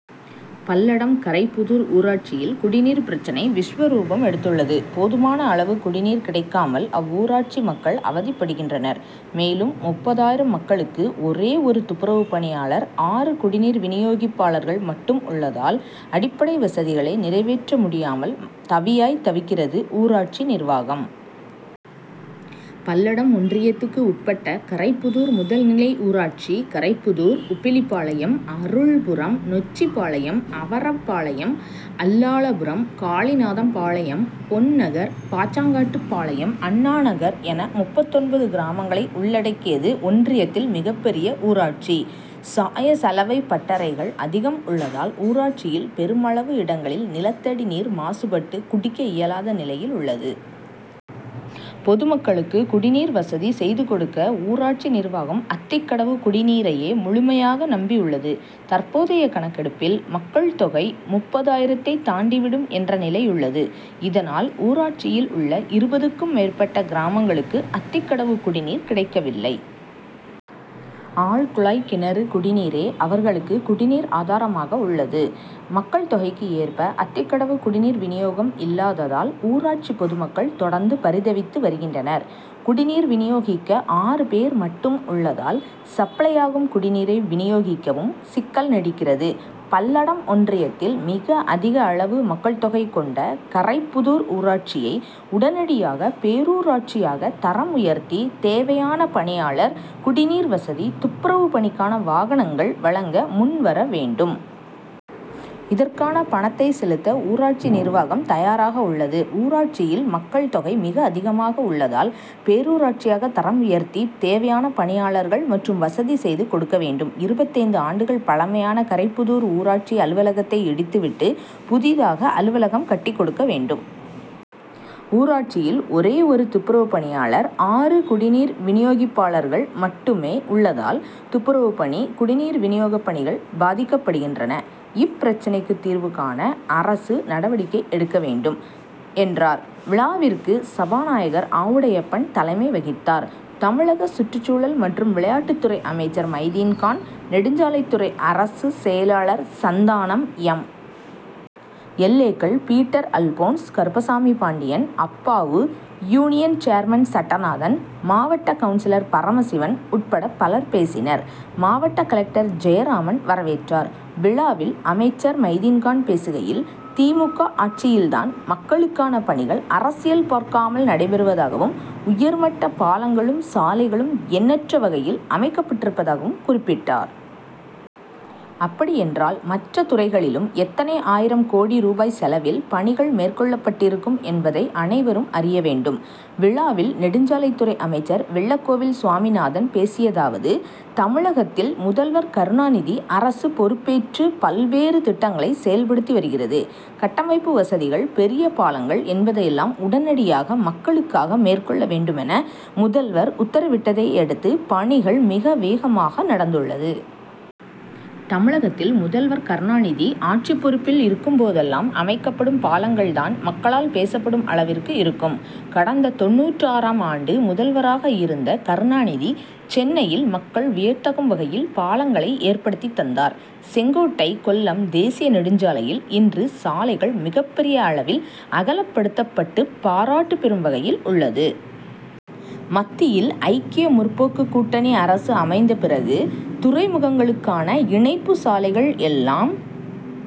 பல்லடம் கரைப்புதூர் ஊராட்சியில் குடிநீர் பிரச்னை விஸ்வரூபம் எடுத்துள்ளது; போதுமான அளவு குடிநீர் கிடைக்காமல், அவ்வூராட்சி மக்கள் அவதிப்படுகின்றனர். மேலும், முப்பது ஆயிரம் மக்களுக்கு ஒரே ஒரு துப்புரவு பணியாளர், ஆறு குடிநீர் வினியோகிப்பாளர்கள் மட்டும் உள்ளதால், அடிப்படை வசதிகளை நிறைவேற்ற முடியாமல் தவியாய், தவிக்கிறது, ஊராட்சி நிர்வாகம். பல்லடம் ஒன்றியத்துக்கு உட்பட்ட கரைப்புதூர் முதல் நிலை ஊராட்சி கரைப் புதூர், உப்பிலிபாளையம், அருள்புரம், நொச்சிபாளையம், அவரப்பாளையம், அல்லாளபுரம், காளிநாதம்பாளையம், பொன் நகர், பாச்சாங்காட்டுப்பாளையம், அண்ணா நகர் என முப்பத்தொன்பது கிராமங்களை உள்ளடக்கியது ஒன்றியத்தில் மிகப்பெரிய ஊராட்சி. சாய, சலவை பட்டறைகள் அதிகம் உள்ளதால், ஊராட்சியில் பெருமளவு இடங்களில் நிலத்தடி நீர் மாசுபட்டு குடிக்க இயலாத நிலையில் உள்ளது. பொதுமக்களுக்கு குடிநீர் வசதி செய்து கொடுக்க, ஊராட்சி நிர்வாகம் அத்திக்கடவு குடிநீரையே முழுமையாக நம்பியுள்ளது. தற்போதைய கணக்கெடுப்பில், மக்கள் தொகை முப்பது ஆயிரத்தை தாண்டி விடும் என்ற நிலையுள்ளது. இதனால், ஊராட்சியில் உள்ள இருபதுக்கும் மேற்பட்ட கிராம மக்களுக்கு அத்திக்கடவு குடிநீர் கிடைக்கவில்லை. ஆழ்குழாய் கிணறு குடிநீரே அவர் களுக்கு குடிநீர் ஆதாரமாக உள்ளது. மக்கள் தொகைக்கு ஏற்ப அத்திக்கடவு குடிநீர் வினியோகம் இல்லாததால், ஊராட்சி பொதுமக்கள் தொடர்ந்து பரிதவித்து வருகின்றனர். குடிநீர் வினியோகிக்க ஆறு பேர் மட்டும் உள்ளதால், சப்ளையாகும் குடிநீரை வினியோகிக்கவும் சிக்கல் நீடிக்கிறது. பல்லடம் ஒன்றியத்தில் மிக அதிக அளவு மக்கள் தொகை கொண்ட கரைப் புதூர் ஊராட்சியை, உடனடியாக பேரூராட்சியாக தரம் உயர்த்தி, தேவையான பணியாளர், குடிநீர் வசதி, துப்புரவு பணிக்கான வாகனங்கள் வழங்க முன்வர வேண்டும். இதற்கான பணத்தை செலுத்த ஊராட்சி நிர்வாகம் தயாராக உள்ளது. ஊராட்சியில் மக்கள் தொகை மிக அதிகமாக உள்ளதால், பேரூராட்சியாக தரம் உயர்த்தி தேவையான பணியாளர்கள் மற்றும் வசதி செய்து கொடுக்க வேண்டும். இருபத்தைந்து ஆண்டுகள் பழமையான கரைப்புதூர் ஊராட்சி அலுவலகத்தை இடித்துவிட்டு, புதிதாக அலுவலகம் கட்டிக்கொடுக்க வேண்டும். ஊராட்சியில் ஒரே ஒரு துப்புரவு பணியாளர், ஆறு குடிநீர் வினியோகப்பாளர்கள் மட்டும் உள்ளதால், துப்புரவு பணி, குடிநீர் வினியோக பணிகள் பாதிக்கப்படுகின்றன. இப் பிரச்னைக்கு தீர்வு காண அரசு நடவடிக்கை எடுக்க வேண்டும், என்றார். விழாவிற்கு சபாநாயகர் ஆவுடையப்பன் தலைமை வகித்தார். தமிழக சுற்றுச்சூழல் மற்றும் விளையாட்டுத்துறை அமைச்சர் மைதீன்கான், நெடுஞ்சாலைத்துறை அரசு செயலாளர் சந்தானம், எம். எல். ஏ.,கள் பீட்டர் அல்போன்ஸ், கருப்பசாமிபாண்டியன், அப்பாவு, யூனியன் சேர்மன் சட்டநாதன், மாவட்ட கவுன்சிலர் பரமசிவன் உட்பட பலர் பேசினர். மாவட்ட கலெக்டர் ஜெயராமன் வரவேற்றார். விழாவில் அமைச்சர் மைதீன்கான் பேசுகையில்: திமுக ஆட்சியில்தான் மக்களுக்கான பணிகள் அரசியல் பார்க்காமல் நடைபெறுவதாகவும், உயர்மட்ட பாலங்களும், சாலைகளும் எண்ணற்ற வகையில் அமைக்கப்பட்டிருப்பதாகவும் குறிப்பிட்டார். அப்படி என்றால் மற்ற துறைகளிலும் எத்தனை ஆயிரம் கோடி ரூபாய் செலவில் பணிகள் மேற்கொள்ளப்பட்டிருக்கும் என்பதை அனைவரும் அறிய வேண்டும். விழாவில் நெடுஞ்சாலைத்துறை அமைச்சர் வெள்ளக்கோவில் சுவாமிநாதன் பேசியதாவது:-தமிழகத்தில் முதல்வர் கருணாநிதி அரசு பொறுப்பேற்று பல்வேறு திட்டங்களை செயல்படுத்தி வருகிறது. கட்டமைப்பு வசதிகள், பெரிய பாலங்கள் என்பதையெல்லாம் உடனடியாக மக்களுக்காக மேற்கொள்ள வேண்டுமென முதல்வர் உத்தரவிட்டதையடுத்து பணிகள் மிக வேகமாக நடந்துள்ளது. தமிழகத்தில் முதல்வர் கருணாநிதி ஆட்சி பொறுப்பில் இருக்கும்போதெல்லாம் அமைக்கப்படும் பாலங்கள் தான் மக்களால் பேசப்படும் அளவிற்கு இருக்கும். கடந்த தொண்ணூற்று ஆறாம் ஆண்டு முதல்வராக இருந்த கருணாநிதி சென்னையில் மக்கள் வியக்கதகும் வகையில் பாலங்களை ஏற்படுத்தி தந்தார். செங்கோட்டை கொல்லம் தேசிய நெடுஞ்சாலையில் இன்று சாலைகள் மிகப்பெரிய அளவில் அகலப்படுத்தப்பட்டு பாராட்டு பெரும் வகையில் உள்ளது. மத்தியில் ஐக்கிய முற்போக்கு கூட்டணி அரசு அமைந்தபிறகு துறைமுகங்களுக்கான இணைப்பு சாலைகள் எல்லாம்